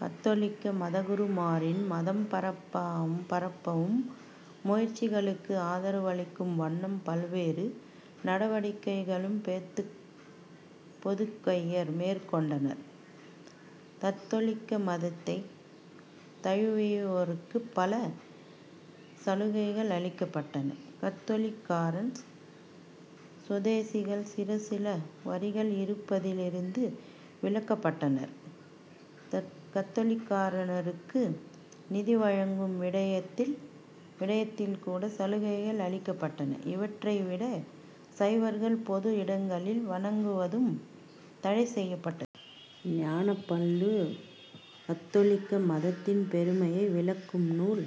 கத்தோலிக்க மதகுருமாரின் மதம்பரப்பும் முயற்சிகளுக்கு ஆதரவளிக்கும் வண்ணம் பல்வேறு நடவடிக்கைகளையும் போத்துக்கேயர் மேற்கொண்டனர். கத்தோலிக்க மதத்தைத் தழுவியோருக்குப் பல சலுகைகள் அளிக்கப்பட்டன. கத்தோலிக்கரான சுதேசிகள் சிற்சில வரிகள் இறுப்பதிலிருந்து விலக்கபட்டனர். கத்தோலிக்கரானோருக்கு நீதி வழங்கும் விடயத்தில் கூட சலுகைகள் அளிக்கப்பட்டன. இவற்றைவிட சைவர்கள் பொது இடங்களில் வணங்குவதும் தடைசெய்யப்பட்டது. ஞானப்பள்ளு கத்தோலிக்க மதத்தின் பெருமையை விளக்கும் நூல்.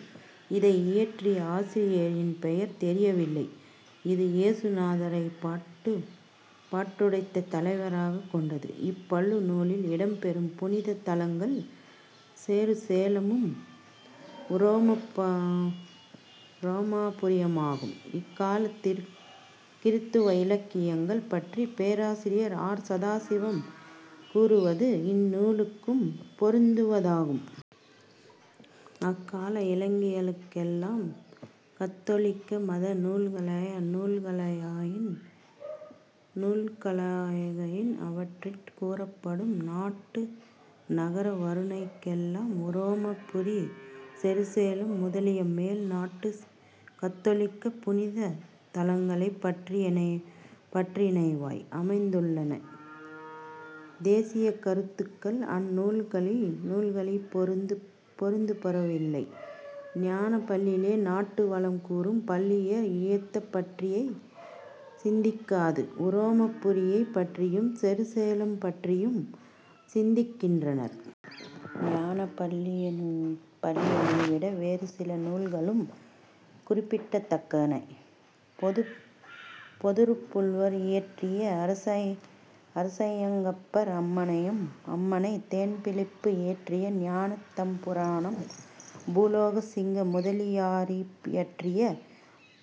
இதை இயற்யிய ஆசிரியரின் பெயர் தெரியவில்லை. இது இயேசுநாதரைப் பாட்டுடைத் தலைவராகக் கொண்டது. இப் பள்ளு நூலில் இடம் பெறும் புனிதத் தலங்கள் செரு சேலமும் உரோமாபுரியுமாகும். இக்காலக் கிறித்தவ இலக்கியங்கள் பற்றி பேராசிரியர் ஆ. சதாசிவம் கூறுவது இந்நூலுக்கும் பொருந்துவதாகும். "அக்கால இலக்கியங்களெல்லாம் கத்தோலிக்க மத நூல்களாகையின் அவற்றிற் கூறப்படும் நாட்டு நகர வருணனைகளெல்லாம் உரோமாபுரி செருசேலம் முதலிய மேல் நாட்டுக் கத்தோலிக்க புனித தலங்களைப் பற்றியனவாய் அமைந்துள்ளன. தேசியக் கருத்துக்கள் அந் நூல்களிற் பொருந்தப்பெறவில்லை. ஞானப்பள்ளிலே நாட்டு வளம் கூறும் பள்ளியர் ஈழத்தைப் பற்றிச் சிந்திக்காது உரோமாபுரியைப் பற்றியும் செருசேலமைப் பற்றியும் சிந்திக்கின்றனர். ஞானப்பள்ளினைவிட வேறு சில நூல்களும் குறிப்பிடத்தக்கன. பேதுருப்புலவர் இயற்றிய அர்ச்யாகப்பர் அம்மானை, தொன்பிலிப்பு இயற்றிய ஞானானந்தபுராணம், பூலோக சிங்க முதலியாரியற்றிய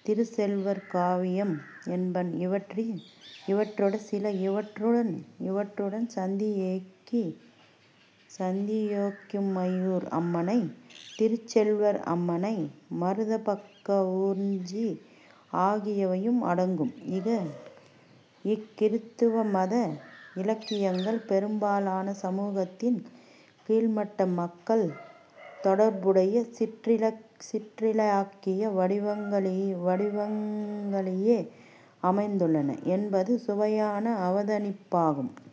திருச்செல்வர் காவியம் என்பன இவற்றுட் சில. இவற்றுடன் சந்தியோகுமையூர் அம்மானை, திருச்செல்வர் அம்மானை, மருதப்பக்குறவஞ்சி ஆகியவையும் அடங்கும். இக் கிறித்தவ மத இலக்கியங்கள் பெரும்பாலன சமூகத்தின் கீழ்மட்ட மக்கள் தொடர்புடைய சிற்றிலக்கிய வடிவங்களிலே அமைந்துள்ளன என்பதும் சுவையான அவதானிப்பாகும்.